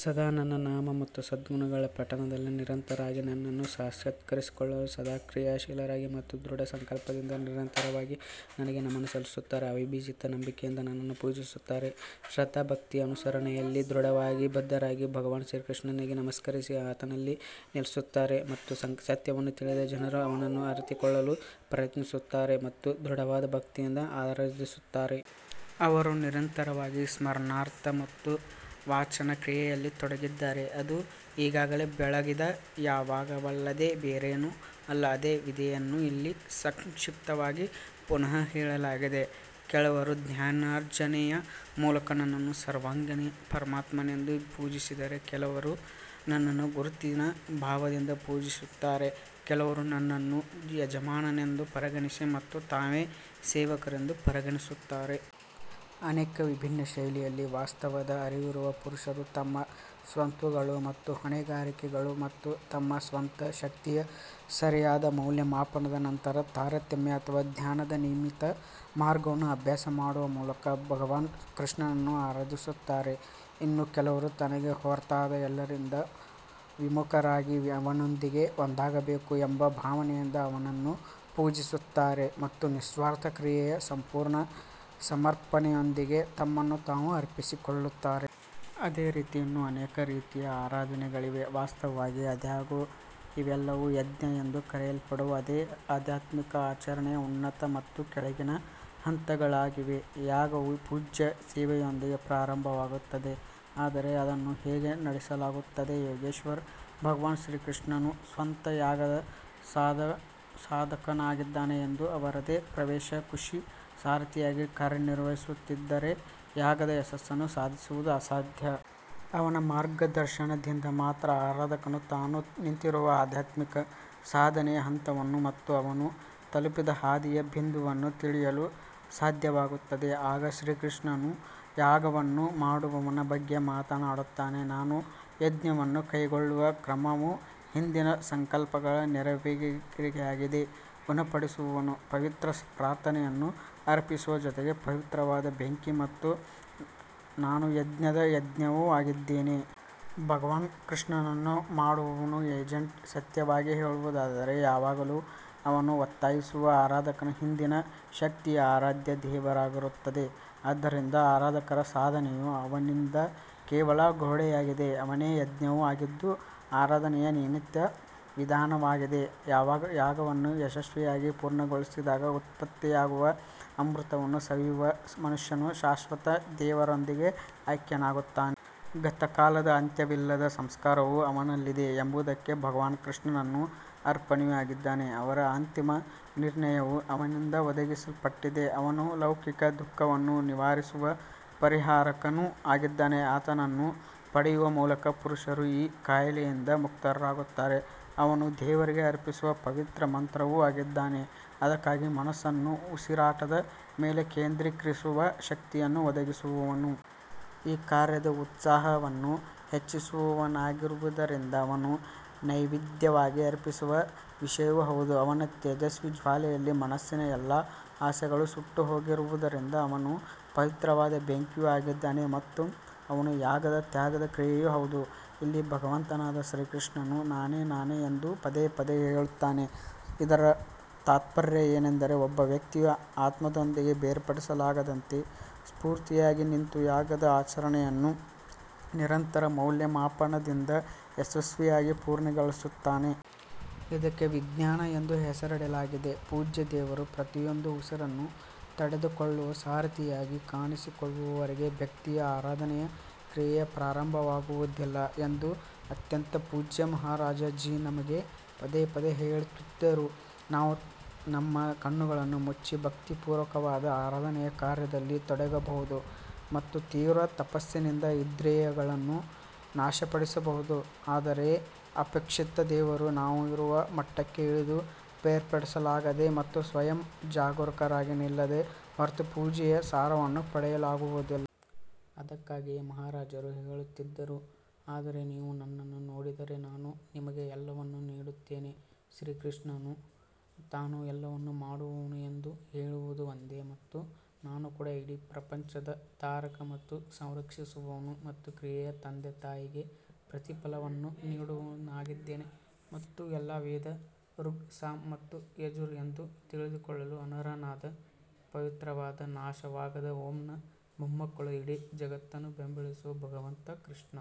ಸದಾ ನನ್ನ ನಾಮ ಮತ್ತು ಸದ್ಗುಣಗಳ ಪಠಣದಲ್ಲಿ ನಿರತರಾಗಿ ನನ್ನನ್ನು ಸಾಕ್ಷಾತ್ಕರಿಸಿಕೊಳ್ಳಲು ಸದಾ ಕ್ರಿಯಾಶೀಲರಾಗಿ ಮತ್ತು ದೃಢ ಸಂಕಲ್ಪದಿಂದ ನಿರಂತರವಾಗಿ ನನಗೆ ನಮನ ಸಲ್ಲಿಸುತ್ತಾ ಅವಿಭಜಿತ ನಂಬಿಕೆಯಿಂದ ನನ್ನನ್ನು ಪೂಜಿಸುತ್ತಾರೆ. ಶ್ರದ್ಧಾಭಕ್ತಿಯ ಅನುಸರಣೆಯಲ್ಲಿ ದೃಢವಾಗಿ ಬದ್ಧರಾಗಿ ಭಗವಾನ್ ಶ್ರೀಕೃಷ್ಣನಿಗೆ ನಮಸ್ಕರಿಸಿ ಆತನಲ್ಲಿ ನೆಲೆಸುತ್ತಾರೆ ಮತ್ತು ಸತ್ಯವನ್ನು ತಿಳಿದ ಜನರು ಅವನನ್ನು ಅರಿತುಕೊಳ್ಳಲು ಪ್ರಯತ್ನಿಸುತ್ತಾರೆ ಮತ್ತು ದೃಢವಾದ ಭಕ್ತಿಯಿಂದ ಆರಾಧಿಸುತ್ತಾರೆ. ಅವರು ನಿರಂತರವಾಗಿ ಸ್ಮರಣಾರ್ಥ ಮತ್ತು ವಾಚನ ಕ್ರಿಯೆಯಲ್ಲಿ ತೊಡಗಿದ್ದಾರೆ, ಅದು ಈಗಾಗಲೇ ಬೆಳಗಿದ ಯಾಗವಲ್ಲದೆ ಬೇರೇನೂ ಅಲ್ಲ. ಅದೇ ವಿಧಿಯನ್ನು ಇಲ್ಲಿ ಸಂಕ್ಷಿಪ್ತವಾಗಿ ಪುನಃ ಹೇಳಲಾಗಿದೆ ಕೆಲವರು ಜ್ಞಾನಾರ್ಜನೆಯ ಮೂಲಕ ನನ್ನನ್ನು ಸರ್ವಾಂಗೀಣ ಪರಮಾತ್ಮನೆಂದು ಪೂಜಿಸಿದರೆ ಕೆಲವರು ನನ್ನನ್ನು ಗುರುತಿನ ಭಾವದಿಂದ ಪೂಜಿಸುತ್ತಾರೆ ಕೆಲವರು ನನ್ನನ್ನು ಯಜಮಾನನೆಂದು ಪರಿಗಣಿಸಿ ಮತ್ತು ತಾವೇ ಸೇವಕರೆಂದು ಪರಿಗಣಿಸುತ್ತಾರೆ. ಅನೇಕ ವಿಭಿನ್ನ ಶೈಲಿಯಲ್ಲಿ ವಾಸ್ತವದ ಅರಿವಿರುವ ಪುರುಷರು ತಮ್ಮ ಸ್ವತ್ತುಗಳು ಮತ್ತು ಹೊಣೆಗಾರಿಕೆಗಳು ಮತ್ತು ತಮ್ಮ ಸ್ವಂತ ಶಕ್ತಿಯ ಸರಿಯಾದ ಮೌಲ್ಯಮಾಪನದ ನಂತರ ತಾರತಮ್ಯ ಅಥವಾ ಜ್ಞಾನದ ನಿಯಮಿತ ಮಾರ್ಗವನ್ನು ಅಭ್ಯಾಸ ಮಾಡುವ ಮೂಲಕ ಭಗವಾನ್ ಕೃಷ್ಣನನ್ನು ಆರಾಧಿಸುತ್ತಾರೆ. ಇನ್ನು ಕೆಲವರು ತನಗೆ ಹೊರತಾದ ಎಲ್ಲದರಿಂದ ವಿಮುಖರಾಗಿ ಅವನೊಂದಿಗೆ ಒಂದಾಗಬೇಕು ಎಂಬ ಭಾವನೆಯಿಂದ ಅವನನ್ನು ಪೂಜಿಸುತ್ತಾರೆ ಮತ್ತು ನಿಸ್ವಾರ್ಥ ಕ್ರಿಯೆಯ ಸಂಪೂರ್ಣ ಸಮರ್ಪಣೆಯೊಂದಿಗೆ ತಮ್ಮನ್ನು ತಾವು ಅರ್ಪಿಸಿಕೊಳ್ಳುತ್ತಾರೆ. ಅದೇ ರೀತಿ ಇನ್ನೂ ಅನೇಕ ರೀತಿಯ ಆರಾಧನೆಗಳಿವೆ ವಾಸ್ತವವಾಗಿ ಆದಾಗ್ಯೂ ಇವೆಲ್ಲವೂ ಯಜ್ಞ ಎಂದು ಕರೆಯಲ್ಪಡುವ ಅದೇ ಆಧ್ಯಾತ್ಮಿಕ ಆಚರಣೆಯ ಉನ್ನತ ಮತ್ತು ಕೆಳಗಿನ ಹಂತಗಳಾಗಿವೆ ಯಾಗವು ಪೂಜ್ಯ ಸೇವೆಯೊಂದಿಗೆ ಪ್ರಾರಂಭವಾಗುತ್ತದೆ ಆದರೆ ಅದನ್ನು ಹೇಗೆ ನಡೆಸಲಾಗುತ್ತದೆ ಯೋಗೇಶ್ವರ ಭಗವಾನ್ ಶ್ರೀ ಕೃಷ್ಣನು ಸ್ವತಃ ಯಾಗದ ಸಾಧಕನಾಗಿದ್ದಾನೆ ಎಂದು ಅವರದೇ ಪ್ರವೇಶ ಋಷಿ ಸಾರಥಿಯಾಗಿ ಕಾರ್ಯನಿರ್ವಹಿಸದಿದ್ದರೆ ಯಾಗದ ಯಶಸ್ಸನ್ನು ಸಾಧಿಸುವುದು ಅಸಾಧ್ಯ. ಅವನ ಮಾರ್ಗದರ್ಶನದಿಂದ ಮಾತ್ರ ಆರಾಧಕನು ತಾನು ನಿಂತಿರುವ ಆಧ್ಯಾತ್ಮಿಕ ಸಾಧನೆಯ ಹಂತವನ್ನು ಮತ್ತು ಅವನು ತಲುಪಿದ ಹಾದಿಯ ಬಿಂದುವನ್ನು ತಿಳಿಯಲು ಸಾಧ್ಯವಾಗುತ್ತದೆ. ಆಗ ಶ್ರೀಕೃಷ್ಣನು ಯಾಗವನ್ನು ಮಾಡುವವನ ಬಗ್ಗೆ ಮಾತನಾಡುತ್ತಾನೆ ನಾನು ಯಜ್ಞವನ್ನು ಕೈಗೊಳ್ಳುವ ಕ್ರಮವು ಹಿಂದಿನ ಸಂಕಲ್ಪಗಳ ನೆರವೇರಿಕೆಯಾಗಿದೆ ಗುಣಪಡಿಸುವವನು ಪವಿತ್ರ ಪ್ರಾರ್ಥನೆಯನ್ನು ಅರ್ಪಿಸುವ ಜೊತೆಗೆ ಪವಿತ್ರವಾದ ಬೆಂಕಿ ಮತ್ತು ನಾನು ಯಜ್ಞದ ಯಜ್ಞವೂ ಆಗಿದ್ದೇನೆ. ಭಗವಾನ್ ಕೃಷ್ಣನು ಮಾಡುವವನು ಏಜೆಂಟ್ ಸತ್ಯವಾಗಿ ಹೇಳುವುದಾದರೆ ಯಾವಾಗಲೂ ಅವನನ್ನು ಒತ್ತಾಯಿಸುವ ಆರಾಧಕನ ಹಿಂದಿನ ಶಕ್ತಿಯು ಆರಾಧ್ಯ ದೇವರಾಗಿರುತ್ತದೆ ಆದ್ದರಿಂದ ಆರಾಧಕರ ಸಾಧನೆಯು ಅವನಿಂದ ಕೇವಲ ಕೊಡುಗೆಯಾಗಿದೆ ಅವನೇ ಯಜ್ಞವೂ ಆಗಿದ್ದು, ಆರಾಧನೆಯ ನಿಯಮಿತ ವಿಧಾನವಾಗಿದೆ ಯಾಗವನ್ನು ಯಶಸ್ವಿಯಾಗಿ ಪೂರ್ಣಗೊಳಿಸಿದಾಗ ಉತ್ಪತ್ತಿಯಾಗುವ ಅಮೃತವನ್ನು ಸವಿಯುವ ಮನುಷ್ಯನು ಶಾಶ್ವತ ದೇವರೊಂದಿಗೆ ಐಕ್ಯನಾಗುತ್ತಾನೆ. ಗತಕಾಲದ ಅಂತ್ಯವಿಲ್ಲದ ಸಂಸ್ಕಾರವು ಅವನಲ್ಲಿದೆ ಎಂಬುದಕ್ಕೆ ಭಗವಾನ್ ಕೃಷ್ಣನು ಅರ್ಪಣೆಯೂ ಆಗಿದ್ದಾನೆ, ಅವರ ಅಂತಿಮ ನಿರ್ಣಯವು ಅವನಿಂದ ಒದಗಿಸಲ್ಪಟ್ಟಿದೆ. ಅವನು ಲೌಕಿಕ ದುಃಖವನ್ನು ನಿವಾರಿಸುವ ಪರಿಹಾರಕನೂ ಆಗಿದ್ದಾನೆ ಆತನನ್ನು ಪಡೆಯುವ ಮೂಲಕ ಪುರುಷರು ಈ ಕಾಯಿಲೆಯಿಂದ ಮುಕ್ತರಾಗುತ್ತಾರೆ ಅವನು ದೇವರಿಗೆ ಅರ್ಪಿಸುವ ಪವಿತ್ರ ಮಂತ್ರವೂ ಆಗಿದ್ದಾನೆ ಅದಕ್ಕಾಗಿ ಮನಸ್ಸನ್ನು ಉಸಿರಾಟದ ಮೇಲೆ ಕೇಂದ್ರೀಕರಿಸುವ ಶಕ್ತಿಯನ್ನು ಒದಗಿಸುವವನು. ಈ ಕಾರ್ಯದ ಉತ್ಸಾಹವನ್ನು ಹೆಚ್ಚಿಸುವವನಾಗಿರುವುದರಿಂದ ಅವನು ನೈವೇದ್ಯವಾಗಿ ಅರ್ಪಿಸುವ ವಿಷಯವೂ ಹೌದು ಅವನ ತೇಜಸ್ವಿ ಜ್ವಾಲೆಯಲ್ಲಿ ಮನಸ್ಸಿನ ಎಲ್ಲಾ ಆಸೆಗಳು ಸುಟ್ಟುಹೋಗಿರುವುದರಿಂದ ಅವನು ಪವಿತ್ರವಾದ ಬೆಂಕಿಯೂ ಆಗಿದ್ದಾನೆ ಮತ್ತು ಅವನು ಯಾಗದ ತ್ಯಾಗದ ಕ್ರಿಯೆಯೂ ಹೌದು ಇಲ್ಲಿ ಭಗವಂತನಾದ ಶ್ರೀಕೃಷ್ಣನು ನಾನೇ ನಾನೇ ಎಂದು ಪದೇ ಪದೇ ಹೇಳುತ್ತಾನೆ ಇದರ ತಾತ್ಪರ್ಯ ಏನೆಂದರೆ, ಒಬ್ಬ ವ್ಯಕ್ತಿಯ ಆತ್ಮದೊಂದಿಗೆ ಬೇರ್ಪಡಿಸಲಾಗದಂತೆ ಸ್ಫೂರ್ತಿಯಾಗಿ ನಿಂತು ಯಾಗದ ಆಚರಣೆಯನ್ನು ನಿರಂತರ ಮೌಲ್ಯಮಾಪನದಿಂದ ಯಶಸ್ವಿಯಾಗಿ ಪೂರ್ಣಗೊಳಿಸುತ್ತಾನೆ. ಇದಕ್ಕೆ ವಿಜ್ಞಾನ ಎಂದು ಹೆಸರಿಡಲಾಗಿದೆ ಪೂಜ್ಯ ದೇವರು ಪ್ರತಿಯೊಂದು ಉಸಿರನ್ನು ತಡೆದುಕೊಳ್ಳುವ ಸಾರಥಿಯಾಗಿ ಕಾಣಿಸಿಕೊಳ್ಳುವವರೆಗೆ ಭಕ್ತಿಯ ಆರಾಧನೆಯ ಕ್ರಿಯೆಯು ಪ್ರಾರಂಭವಾಗುವುದಿಲ್ಲ ಎಂದು ಅತ್ಯಂತ ಪೂಜ್ಯ ಮಹಾರಾಜ್ ಜೀ ನಮಗೆ ಪದೇ ಪದೇ ಹೇಳುತ್ತಿದ್ದರು. ನಾವು ನಮ್ಮ ಕಣ್ಣುಗಳನ್ನು ಮುಚ್ಚಿ ಭಕ್ತಿಪೂರ್ವಕವಾದ ಆರಾಧನೆಯ ಕಾರ್ಯದಲ್ಲಿ ತೊಡಗಬಹುದು ಮತ್ತು ತೀವ್ರ ತಪಸ್ಸಿನಿಂದ ಇಂದ್ರಿಯಗಳನ್ನು ನಾಶಪಡಿಸಬಹುದು ಆದರೆ ಅಪೇಕ್ಷಿತ ದೇವರು ನಾವು ಇರುವ ಮಟ್ಟಕ್ಕೆ ಇಳಿದು ಬೇರ್ಪಡಿಸಲಾಗದೆ ಮತ್ತು ಸ್ವಯಂ ಜಾಗರೂಕರಾಗಿ ನಿಲ್ಲದ ಹೊರತು ಪೂಜೆಯ ಸಾರವನ್ನು ಪಡೆಯಲಾಗುವುದಿಲ್ಲ. ಅದಕ್ಕಾಗಿಯೇ ಮಹಾರಾಜರು ಹೇಳುತ್ತಿದ್ದರು, ಆದರೆ ನೀವು ನನ್ನನ್ನು ನೋಡಿದರೆ ನಾನು ನಿಮಗೆ ಎಲ್ಲವನ್ನೂ ನೀಡುತ್ತೇನೆ ಶ್ರೀಕೃಷ್ಣನು ತಾನು ಎಲ್ಲವನ್ನು ಮಾಡುವವನು ಎಂದು ಹೇಳುವುದು ಒಂದೇ ಮತ್ತು ನಾನು ಕೂಡ ಇಡೀ ಪ್ರಪಂಚದ ಧಾರಕ ಮತ್ತು ಸಂರಕ್ಷಿಸುವವನು ಮತ್ತು ಕ್ರಿಯೆಯ ತಂದೆ ತಾಯಿಗೆ ಪ್ರತಿಫಲವನ್ನು ನೀಡುವವನಾಗಿದ್ದೇನೆ ಮತ್ತು ಎಲ್ಲಾ ವೇದ ಋಗ್ ಸಾಮ್ ಮತ್ತು ಯಜುರ್ ಎಂದು ತಿಳಿದುಕೊಳ್ಳಲು ಅರ್ಹನಾದ ಪವಿತ್ರವಾದ ನಾಶವಾಗದ ಓಎಂನ ಮೊಮ್ಮಕ್ಕಳು ಇಡೀ ಜಗತ್ತನ್ನು ಬೆಂಬಲಿಸುವ ಭಗವಂತ ಕೃಷ್ಣ.